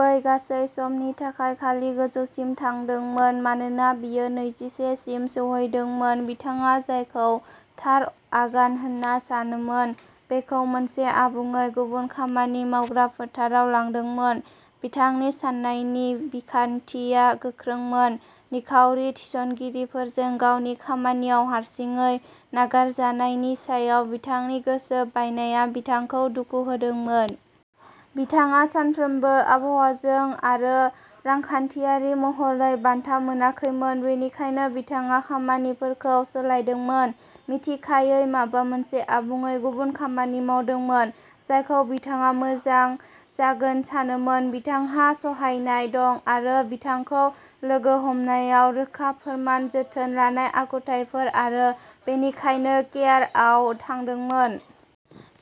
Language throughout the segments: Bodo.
बै गासै समनि थाखाय खालि गोजौसिम थांदोंमोन मानोना बियो नैजिसे सिम सौहैदोंमोन बिथाङा जायखौ थार आगान होनना सानोमोन, बेखौ मोनसे आबुङै गुबुन खामानि मावग्रा फोथाराव लादोंमोन। बिथांनि साननायनि बिखान्थिया गोख्रोंमोन। निखावरि थिसनगिरिफोरजों गावनि खामानियाव'हारसिङै नागारजानाय'नि सायाव बिथांनि गोसो बायनाया बिथांखौ दुखु होदोंमोन। बिथाङा सानफ्रोमबो आबहावाजों आरो रांखान्थियारि महरै बान्था मोनाखैमोन। बेनिखायनो बिथाङा खामानिफोरखौ सोलायदोंमोन, मिथिखायै माबा मोनसे आबुङै गुबुन खामानि मावदोंमोन जायखौ बिथाङा मोजां जागोन सानोमोन। बिथांहा सहायनाय दं आरो बिथांखौ लोगो हमनायाव, रोखा फोरमान, जोथोन लानाय आखुथायफोर आरो बेनिखायनो केयारआव थांदोंमोन।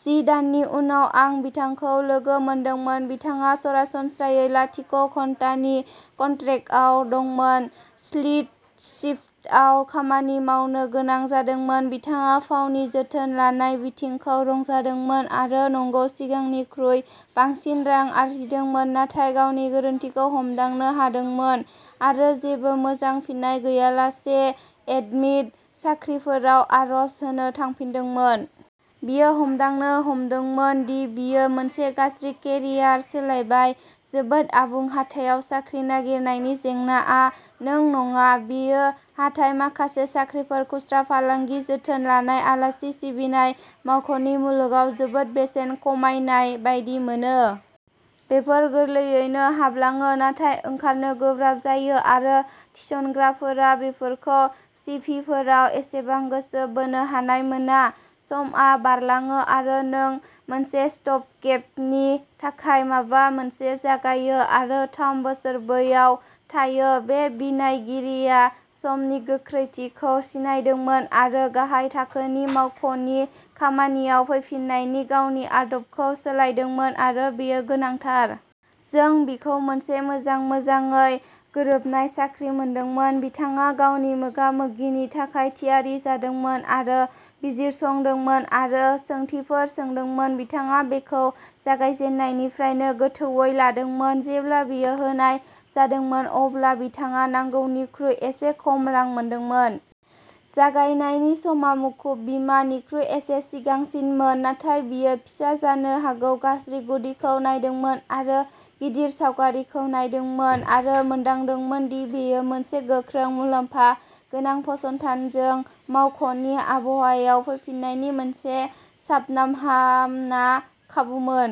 जि दाननि उनाव आं बिथांखौ लोगो मोनदोंमोन। बिथाङा सरासनस्रायै लाथिख'घन्टानि कन्ट्रेक्टआव दंमोन, स्प्लिट शिफ्टआव खामानि मावनो गोनां जादोंमोन। बिथाङा फावनि जोथोन लानाय बिथिंखौ रंजादोंमोन आरो नंगौ, सिगांनिख्रुइ बांसिन रां आर्जिदोंमोन, नाथाय गावनि गोरोन्थिखौ हमदांनो हादोंमोन आरो जेबो मोजां फिननाय गैयालासे एडमिन साख्रिफोराव आर'ज होनो थांफिनदोंमोन। बियो हमदांनो हमदोंमोन दि बियो मोनसे गाज्रि केरियार सोलायबाय। जोबोद आबुं हाथायाव साख्रि नागिरनायनि जेंनाआ नों नङा। बेयो हाथाइ। माखासे साख्रिफोर, खुस्रा फालांगि, जोथोन लानाय, आलासि सिबिनाय, मावख'नि मुलुगाव जोबोद बेसेन खमायनाय बायदि मोनो। बेफोर गोरलैयैनो हाबलाङो नाथाय ओंखारनो गोब्राब जायो आरो थिसनग्राफोरा बेफोरखौ सिभिफोराव एसेबां गोसो बोनो हानाय मोना। समआ बारलाङो आरो नों मोनसे'स्टप-गेप'नि थाखाय माबा मोनसे जागायो आरो थाम बोसोर बैयाव थायो। बे बिनायगिरिया समनि गोख्रैथिखौ सिनायदोंमोन आरो गाहाय थाखोनि मावख'नि खामानियाव फैफिन्नायनि गावनि आदबखौ सोलायदोंमोन आरो बेयो गोनांथार। जों बिखौ मोनसे मोजां, मोजाङै गोरोबनाय साख्रि मोनदोंमोन। बिथाङा गावनि मोगा-मोगिनि थाखाय थियारि जादोंमोन आरो बिजिरसंदोंमोन आरो सोंथिफोर सोंदोंमोन। बिथाङा बेखौ जागायजेन्नायनिफ्रायनो गोथौवै लादोंमोन। जेब्ला बेखौ होनाय जादोंमोन अब्ला बिथाङा नांगौनिख्रुइ एसे खम रां मोनदोंमोन। जागायनायनि समा मुखुब बिमा निख्रुइ एसे सिगांसिनमोन, नाथाय बियो फिसा, जानो हागौ गाज्रि गुदिखौ नायदोंमोन आरो गिदिर सावगारिखौ नायदोंमोन आरो मोनदांदोंमोन दि बेयो मोनसे गोख्रों, मुलाम्फा गोनां फसंथानजों मावख'नि आबहावायाव फैफिन्नायनि मोनसे साबनाहामना खाबुमोन।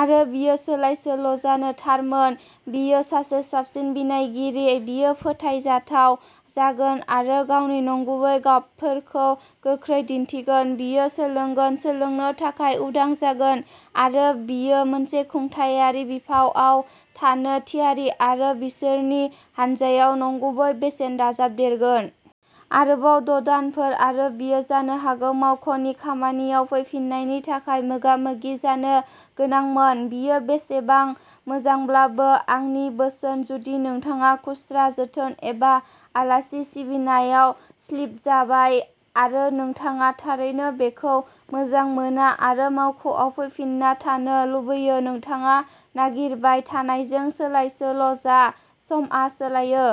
आरो बियो सोलायसोल'जानो थारमोन। बियो सासे साबसिन बिनायगिरि। बियो फोथायजाथाव जागोन आरो गावनि नंगुबै गाबफोरखौ गोख्रै दिन्थिगोन। बियो सोलोंगोन, सोलोंनो थाखाय उदां जागोन आरो बियो मोनसे खुंथायारि बिफावआव थानो थियारि आरो बिसोरनि हानजायाव नंगुबै बेसेन दाजाबदेरगोन। आरोबाव द' दानफोर आरो बियो जानो हागौ मावख'नि खामानियाव फैफिन्नायनि थाखाय मोगामोगि जानो गोनांमोन। बियो बेसेबां मोजांब्लाबो। आंनि बोसोन जुदि नोंथाङा खुस्रा, जोथोन एबा आलासि सिबिनायाव'स्लिप'जाबाय आरो नोंथाङा थारैनो बेखौ मोजां मोना आरो मावख'आव फैफिन्ना थानो लुबैयो-नोंथाङा नागिरबाय थानायजों सोलायसोल'जा। समआ सोलायो।